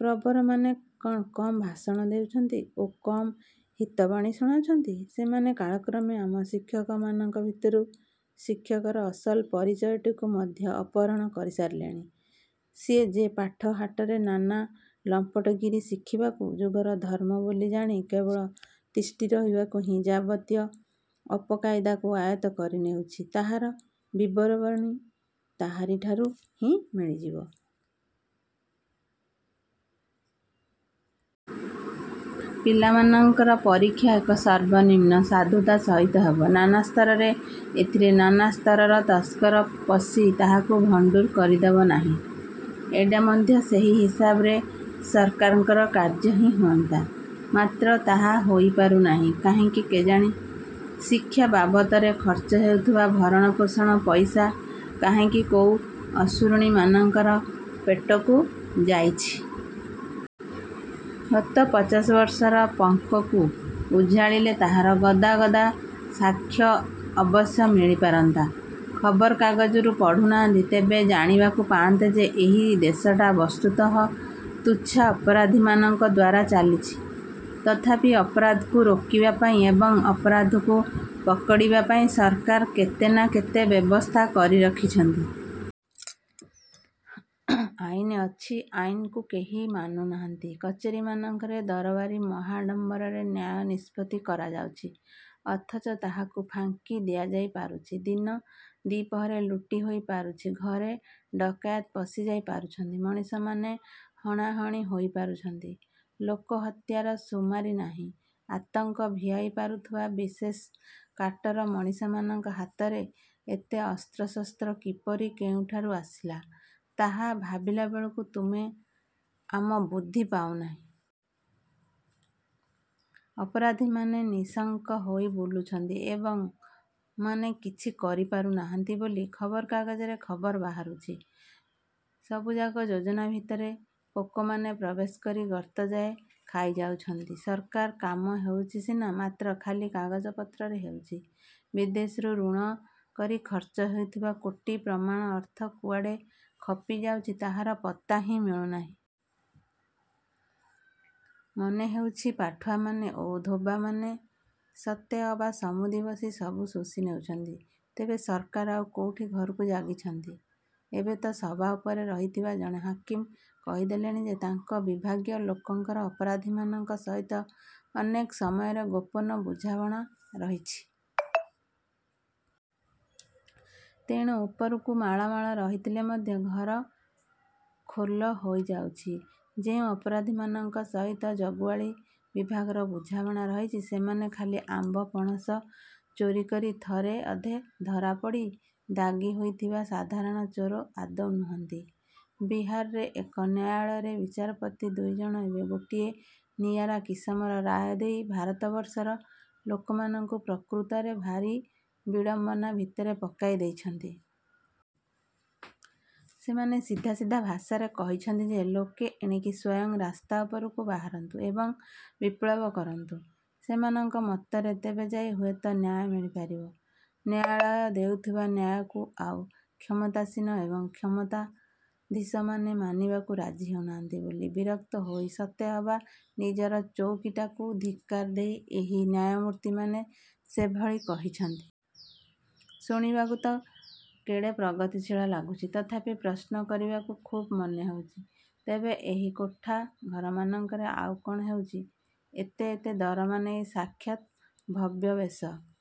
ପ୍ରବରମାନେ କଣ କମ୍ ଭାଷଣ ଦେଉଛନ୍ତି ଓ କମ୍ ହିତବାଣୀ ଶୁଣାଉଛନ୍ତି? ସେମାନେ କାଳକ୍ରମେ ଆମ ଶିକ୍ଷକମାନଙ୍କ ଭିତରୁ ଶିକ୍ଷକର ଅସଲ ପରିଚୟଟିକୁ ମଧ୍ୟ ଅପହରଣ କରି ସାରିଲେଣି। ସିଏ ଯେ ପାଠ ହାଟରେ ନାନା ଲମ୍ପଟଗିରି ଶିଖିବାକୁ ଯୁଗର ଧର୍ମ ବୋଲି ଜାଣି କେବଳ ତିଷ୍ଠି ରହିବାକୁ ହିଁ ଯାବତୀୟ ଅପକାଇଦାକୁ ଆୟତ୍ତ କରିନେଇଛି ତାହାର ବିବରବାଣୀ ତାହାରି ଠାରୁ ହିଁ ମିଳିଯିବ। ପିଲାମାନଙ୍କର ପରୀକ୍ଷା ଏକ ସର୍ବନିମ୍ନ ସାଧୁତା ସହିତ ହେବ ନାନା ସ୍ତରରେ ଏଥିରେ ନାନା ସ୍ତରର ତସ୍କର ପଶି ତାହାକୁ ଭଣ୍ଡୁର କରିଦେବ ନାହିଁ ଏଇଟା ମଧ୍ୟ ସେହି ହିସାବରେ ସରକାରଙ୍କର କାର୍ଯ୍ୟ ହିଁ ହୁଅନ୍ତା। ମାତ୍ର ତାହା ହୋଇପାରୁନାହିଁ କାହିଁକି କେଜାଣି? ଶିକ୍ଷା ବାବତରେ ଖର୍ଚ୍ଚ ହେଉଥିବା ଭରଣପୋଷଣ ପଇସା କାହିଁକି କୋଉ ଅସୁରୁଣୀମାନଙ୍କର ପେଟକୁ ଯାଇଛି। ଗତ ପଚାଶବର୍ଷର ପଙ୍କକୁ ଉଝାଳିଲେ ତାହାର ଗଦା ଗଦା ସାକ୍ଷ୍ୟ ଅବଶ୍ୟ ମିଳିପାରନ୍ତା। ଖବରକାଗଜରୁ ପଢୁନାହାନ୍ତି ତେବେ ଜାଣିବାକୁ ପାଆନ୍ତେ ଯେ ଏହି ଦେଶଟା ବସ୍ତୁତଃ ତୁଚ୍ଛା ଅପରାଧୀମାନଙ୍କ ଦ୍ୱାରା ଚାଲିଛି। ତଥାପି ଅପରାଧକୁ ରୋକିବା ପାଇଁ ଏବଂ ଅପରାଧକୁ ପକଡ଼ିବା ପାଇଁ ସରକାର କେତେ ନା କେତେ ବ୍ୟବସ୍ଥା କରି ରଖିଛନ୍ତି। ଆଇନ ଅଛି ଆଇନକୁ କେହି ମାନୁନାହାନ୍ତି। କଚେରୀମାନଙ୍କରେ ଦରବାରୀ ମହାଡ଼ମ୍ବରରେ ନ୍ୟାୟ ନିଷ୍ପତ୍ତି କରାଯାଉଛି ଅଥଚ ତାହାକୁ ଫାଙ୍କି ଦିଆଯାଇ ପାରୁଛି। ଦିନ ଦିପହରେ ଲୁଟି ହୋଇ ପାରୁଛି, ଘରେ ଡ଼କାଏତ ପଶିଯାଇ ପାରୁଛନ୍ତି, ମଣିଷମାନେ ହଣାହଣି ହୋଇ ପାରୁଛନ୍ତି, ଲୋକହତ୍ୟାର ସୁମାରି ନାହିଁ। ଆତଙ୍କ ଭିଆଇ ପାରୁଥିବା ବିଶେଷ କାଟର ମଣିଷମାନଙ୍କ ହାତରେ ଏତେ ଅସ୍ତ୍ରଶସ୍ତ୍ର କିପରି କେଉଁଠାରୁ ଆସିଲା, ତାହା ଭାବିଲା ବେଳକୁ ତୁମେ ଆମ ବୁଦ୍ଧି ପାଉନାହିଁ। ଅପରାଧୀମାନେ ନିଃଶଙ୍କ ହୋଇ ବୁଲୁଛନ୍ତି ଏବଂ ମାନେ କିଛି କରିପାରୁ ନାହାନ୍ତି ବୋଲି ଖବରକାଗଜରେ ଖବର ବାହାରୁଛି। ସବୁଯାକ ଯୋଜନା ଭିତରେ ପୋକମାନେ ପ୍ରବେଶ କରି ଗର୍ତ୍ତଯାଏ ଖାଇଯାଉଛନ୍ତି। ସରକାରୀ କାମ ହେଉଛି ସିନା ମାତ୍ର ଖାଲି କାଗଜପତ୍ରରେ ହେଉଛି। ବିଦେଶରୁ ଋଣ କରି ଖର୍ଚ୍ଚ ହେଉଥିବା କୋଟି ପ୍ରମାଣ ଅର୍ଥ କୁଆଡ଼େ ଖପିଯାଉଛି ତାହାର ପତ୍ତା ହିଁ ମିଳୁନାହିଁ। ମନେ ହେଉଛି ପାଠୁଆମାନେ ଓ ଧୋବା ମାନେ ସତେ ଅବା ସମୁଦି ବସି ସବୁ ଶୋଷି ନେଉଛନ୍ତି। ତେବେ ସରକାର ଆଉ କୋଉଠି ଘରକୁ ଜଗିଛନ୍ତି? ଏବେ ତ ସବା ଉପରେ ରହିଥିବା ଜଣେ ହାକିମ କହିଦେଲେଣି ଯେ ତାଙ୍କ ବିଭାଗୀୟ ଲୋକଙ୍କର ଅପରାଧୀମାନଙ୍କ ସହିତ ଅନେକ ସମୟରେ ଗୋପନ ବୁଝାମଣା ରହିଛି। ତେଣୁ ଉପରକୁ ମାଳ ମାଳ ରହିଥିଲେ ମଧ୍ୟ ଘର ଖୋଲ ହୋଇ ଯାଉଛି। ଯେଉଁ ଅପରାଧୀମାନଙ୍କ ସହିତ ଜଗୁଆଳୀ ବିଭାଗର ବୁଝାମଣା ରହିଛି ସେମାନେ ଖାଲି ଆମ୍ବ, ପଣସ ଚୋରି କରି ଥରେ ଅଧେ ଧରାପଡ଼ି ଦାଗୀ ହୋଇଥିବା ସାଧାରଣ ଚୋର ଆଦୌ ନୁହନ୍ତି। ବିହାରରେ ଏକ ନ୍ୟାୟାଳୟର ବିଚାରପତି ଦୁଇଜଣ ଏବେ ଗୋଟିଏ ନିଆରା କିସମର ରାୟ ଦେଇ ଭାରତବର୍ଷର ଲୋକମାନଙ୍କୁ ପ୍ରକୃତରେ ଭାରି ବିଡ଼ମ୍ବନା ଭିତରେ ପକାଇ ଦେଇଛନ୍ତି। ସେମାନେ ସିଧା ସିଧା ଭାଷାରେ କହିଛନ୍ତି ଯେ ଲୋକେ ଏଣିକି ସ୍ଵୟଂ ରାସ୍ତା ଉପରକୁ ବାହାରନ୍ତୁ ଏବଂ ବିପ୍ଳବ କରନ୍ତୁ। ସେମାନଙ୍କ ମତରେ ତେବେ ଯାଏ ହୁଏତ ନ୍ୟାୟ ମିଳିପାରିବ। ନ୍ୟାୟାଳୟ ଦେଉଥିବା ନ୍ୟାୟକୁ ଆଉ କ୍ଷମତାସୀନ ଏବଂ କ୍ଷମତାଧୀଶମାନେ ମାନିବାକୁ ରାଜି ହେଉନାହାନ୍ତି ବୋଲି ବିରକ୍ତ ହୋଇ ସତେ ଅବା ନିଜର ଚଉକିଟାକୁ ଧିକ୍କାର ଦେଇ ଏହି ନ୍ୟାୟମୂର୍ତ୍ତିମାନେ ସେଭଳି କହିଛନ୍ତି। ଶୁଣିବାକୁ ତ କେଡ଼େ ପ୍ରଗତିଶୀଳ ଲାଗୁଛି। ତଥାପି ପ୍ରଶ୍ନ କରିବାକୁ ଖୁବ୍ ମନ ହେଉଛି ତେବେ ଏହି କୋଠାଘରମାନଙ୍କରେ ଆଉ କଣ ହେଉଛି? ଏତେ ଏତେ ଦରମା ନେଇ ସାକ୍ଷାତ ଭବ୍ୟବେଶ